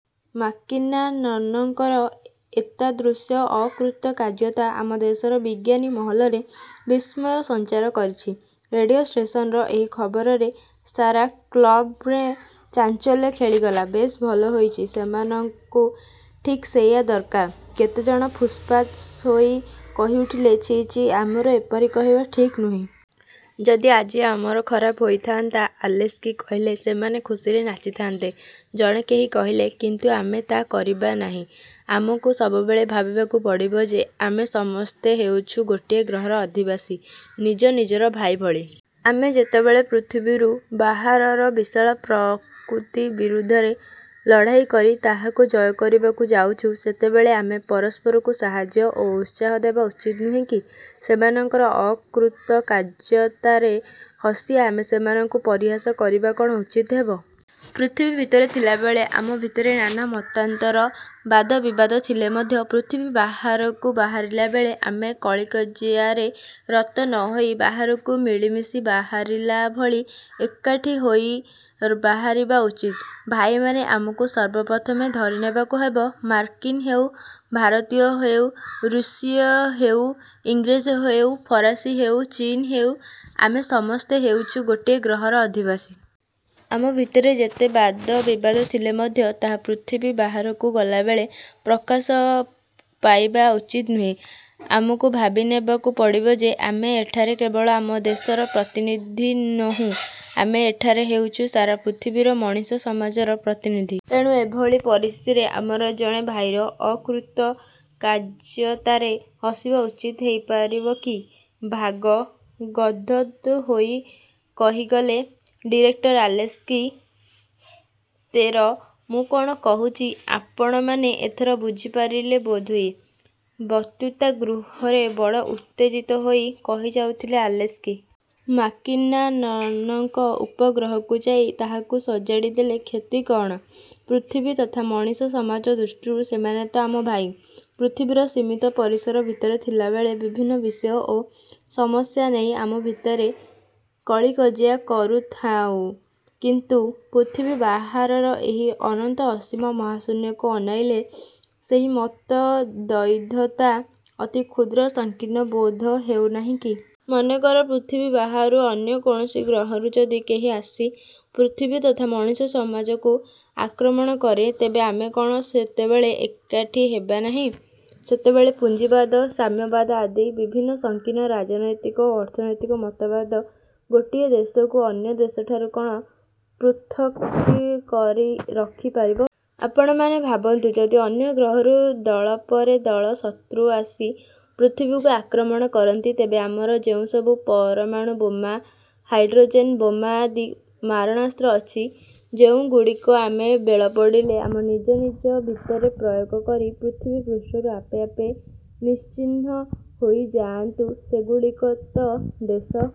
ମାର୍କିନ୍ମାନଙ୍କର ଏତାଦୃଶ ଅକୃତକାର୍ଯ୍ୟତା ଆମ ଦେଶର ବିଜ୍ଞାନୀମହଲରେ ବିସ୍ମୟ ସଞ୍ଚାର କରିଛି। '' ରେଡ଼ିଓ ଷ୍ଟେସନର ଏହି ଖବରରେ ସାରା କ୍ଳବରେ ଚାଞ୍ଚଲ୍ୟ ଖେଳିଗଲା। ''ବେଶ୍ ଭଲ ହୋଇଛି। ସେମାନଙ୍କୁ ଠିକ୍ ସେଇଆ ଦରକାର। '' କେତେ ଜଣ ଫୁସ୍ଫାସ୍ ହୋଇ କହିଉଠିଲେ। ''ଛି, ଛି, ଆମର ଏପରି କହିବା ଠିକ୍ ନୁହେଁ। ଯଦି ଆଜି ଆମର ଖରାପ ହୋଇଥାନ୍ତା? '' ଆଲେସ୍କି କହିଲେ। ''ସେମାନେ ଖୁସିରେ ନାଚିଥାନ୍ତେ''–ଜଣେ କେହି କହିଲେ। ''କିନ୍ତୁ ଆମେ ତା କରିବା ନାହିଁ। ଆମକୁ ସବୁବେଳେ ଭାବିବାକୁ ପଡ଼ିବ ଯେ, ଆମେ ସମସ୍ତେ ହେଉଛୁ ଗୋଟାଏ ଗ୍ରହର ଅଧିବାସୀ, ନିଜ ନିଜର ଭାଇ ଭଳି। ଆମେ ଯେତେବେଳେ ପୃଥିବୀରୁ ବାହାରର ବିଶାଳ ପ୍ରକୃତି ବିରୁଦ୍ଧରେ ଲଢ଼ାଇ କରି ତାହାକୁ ଜୟ କରିବାକୁ ଯାଉଛୁ, ସେତେବେଳେ ଆମେ ପରସ୍ପରକୁ ସାହାଯ୍ୟ ଓ ଉତ୍ସାହ ଦେବା ଉଚିତ ନୁହେଁ କି? ସେମାନଙ୍କର ଅକୃତକାର୍ଯ୍ୟତାରେ ହସି ଆମେ ସେମାନଙ୍କୁ ପରିହାସ କରିବା କ'ଣ ଉଚିତ ହେବ? ପୃଥିବୀ ଭିତରେ ଥିଲାବେଳେ ଆମ ଭିତରେ ନାନା ମନାନ୍ତର, ବାଦବିବାଦ ଥିଲେ ମଧ୍ୟ ପୃଥିବୀ ବାହାରକୁ ବାହାରିଲାବେଳେ ଆମେ କଳିକଜିଆରେ ରତ ନ ହୋଇ ବାହାରକୁ ମିଳିମିଶି ବାହାରିଲା ଭଳି ଏକାଠି ହୋଇ ବାହାରିବା ଉଚିତ। ଭାଇମାନେ, ଆମକୁ ସର୍ବପ୍ରଥମେ ଧରି ନେବାକୁ ହେବ, ମାର୍କିନ୍ ହେଉ, ଭାରତୀୟ ହେଉ, ରୁଷୀୟ ହେଉ, ଇଂରେଜ ହେଉ, ଫରାସୀ ହେଉ, ଚୀନ ହେଉ, ଆମେ ସମସ୍ତେ ହେଉଛୁ ଗୋଟିଏ ଗ୍ରହର ଅଧିବାସୀ। ଆମ ଭିତରେ ଯେତେ ବାଦବିବାଦ ଥିଲେ ମଧ୍ୟ ତାହା ପୃଥିବୀ ବାହାରକୁ ଗଲାବେଳେ ପ୍ରକାଶ ପାଇବା ଉଚିତ ନୁହେଁ। ଆମକୁ ଭାବିନେବାକୁ ପଡ଼ିବ ଯେ, ଆମେ ଏଠାରେ କେବଳ ଆମ ଦେଶର ପ୍ରତିନିଧି ନୋହୁଁ, ଆମେ ଏଠାରେ ହେଉଛୁଁ ସାରା ପୃଥିବୀର ମଣିଷ ସମାଜର ପ୍ରତିନିଧି। ତେଣୁ ଏଭଳି ପରିସ୍ଥିତିରେ ଆମର ଜଣେ ଭାଇର ଅକୃତକାର୍ଯ୍ୟତାରେ ହସିବା ଉଚିତ ହେଇପାରିବ କି? '' ଭାବ ଗଦ୍ଗଦ୍ ହୋଇ କହିଗଲେ ଡିରେକ୍ଟର ଆଲେସ୍କି। ତେର ''ମୁଁ କ'ଣ କହୁଛି, ଆପଣମାନେ ଏଥର ବୁଝିପାରିଲେ ବୋଧହୁଏ? '' ବକ୍ତୃତା ଗୃହରେ ବଡ଼ ଉତ୍ତେଜିତ ହୋଇ କହିଯାଉଥିଲେ ଆଲେସ୍କି। ''ମାର୍କିନ୍ମାନଙ୍କ ଉପଗ୍ରହକୁ ଯାଇ ତାହାକୁ ସଜାଡ଼ି ଦେଲେ କ୍ଷତି କଅଣ? ପୃଥିବୀ ତଥା ମଣିଷ ସମାଜ ଦୃଷ୍ଟିରୁ ସେମାନେ ତ ଆମ ଭାଇ। ପୃଥିବୀର ସୀମିତ ପରିସର ଭିତରେ ଥିଲାବେଳେ ବିଭିନ୍ନ ବିଷୟ ଓ ସମସ୍ୟା ନେଇ ଆମେ ଆମ ଭିତରେ କଳିକଜିଆ କରୁଥାଇଁ; କିନ୍ତୁ ପୃଥିବୀ ବାହାରର ଏହି ଅନନ୍ତ ଅସୀମ ମହାଶୂନ୍ୟକୁ ଅନାଇଲେ ସେହି ମତଦ୍ୱୈଧତା ଅତି କ୍ଷୁଦ୍ର ସଂକୀର୍ଣ୍ଣ ବୋଧ ହେଉନାହିଁ କି? ମନେକର ପୃଥିବୀ ବାହାରୁ ଅନ୍ୟ କୌଣସି ଗ୍ରହରୁ ଯଦି କେହି ଆସି ପୃଥିବୀ ତଥା ମଣିଷ ସମାଜକୁ ଆକ୍ରମଣ କରେ, ତେବେ ଆମେ କ'ଣ ସେତେବେଳେ ଏକାଠି ହେବା ନାହିଁ? ସେତେବେଳେ ପୁଞ୍ଜିବାଦ, ସାମ୍ୟବାଦ ଆଦି ବିଭିନ୍ନ ସଂକୀର୍ଣ୍ଣ ରାଜନୈତିକ ଓ ଅର୍ଥନୈତିକ ମତବାଦ ଗୋଟିଏ ଦେଶକୁ ଅନ୍ୟ ଦେଶଠାରୁ କ'ଣ ପୃଥକ୍କରି ରଖି ପାରିବ? ଆପଣମାନେ ଭାବନ୍ତୁ, ଯଦି ଅନ୍ୟ ଗ୍ରହରୁ ଦଳ ପରେ ଦଳ ଶତ୍ରୁ ଆସି ପୃଥିବୀକୁ ଆକ୍ରମଣ କରନ୍ତି, ତେବେ ଆମର ଯେଉଁସବୁ ପରମାଣୁବୋମା, ହାଇଡ଼୍ରୋଜେନ ବୋମା ଆଦି ମାରଣାସ୍ତ୍ର ଅଛି, ଯେଉଁଗୁଡ଼ିକ ଆମେ ବେଳ ପଡ଼ିଲେ ଆମ ନିଜ ନିଜ ଭିତରେ ପ୍ରୟୋଗ କରି ପୃଥିବୀପୃଷ୍ଠରୁ ଆପେ ଆପେ ନିଶ୍ଚିହ୍ନ ହୋଇ ଯାଆନ୍ତୁ; ସେଗୁଡ଼ିକ ତ ଦେଶ,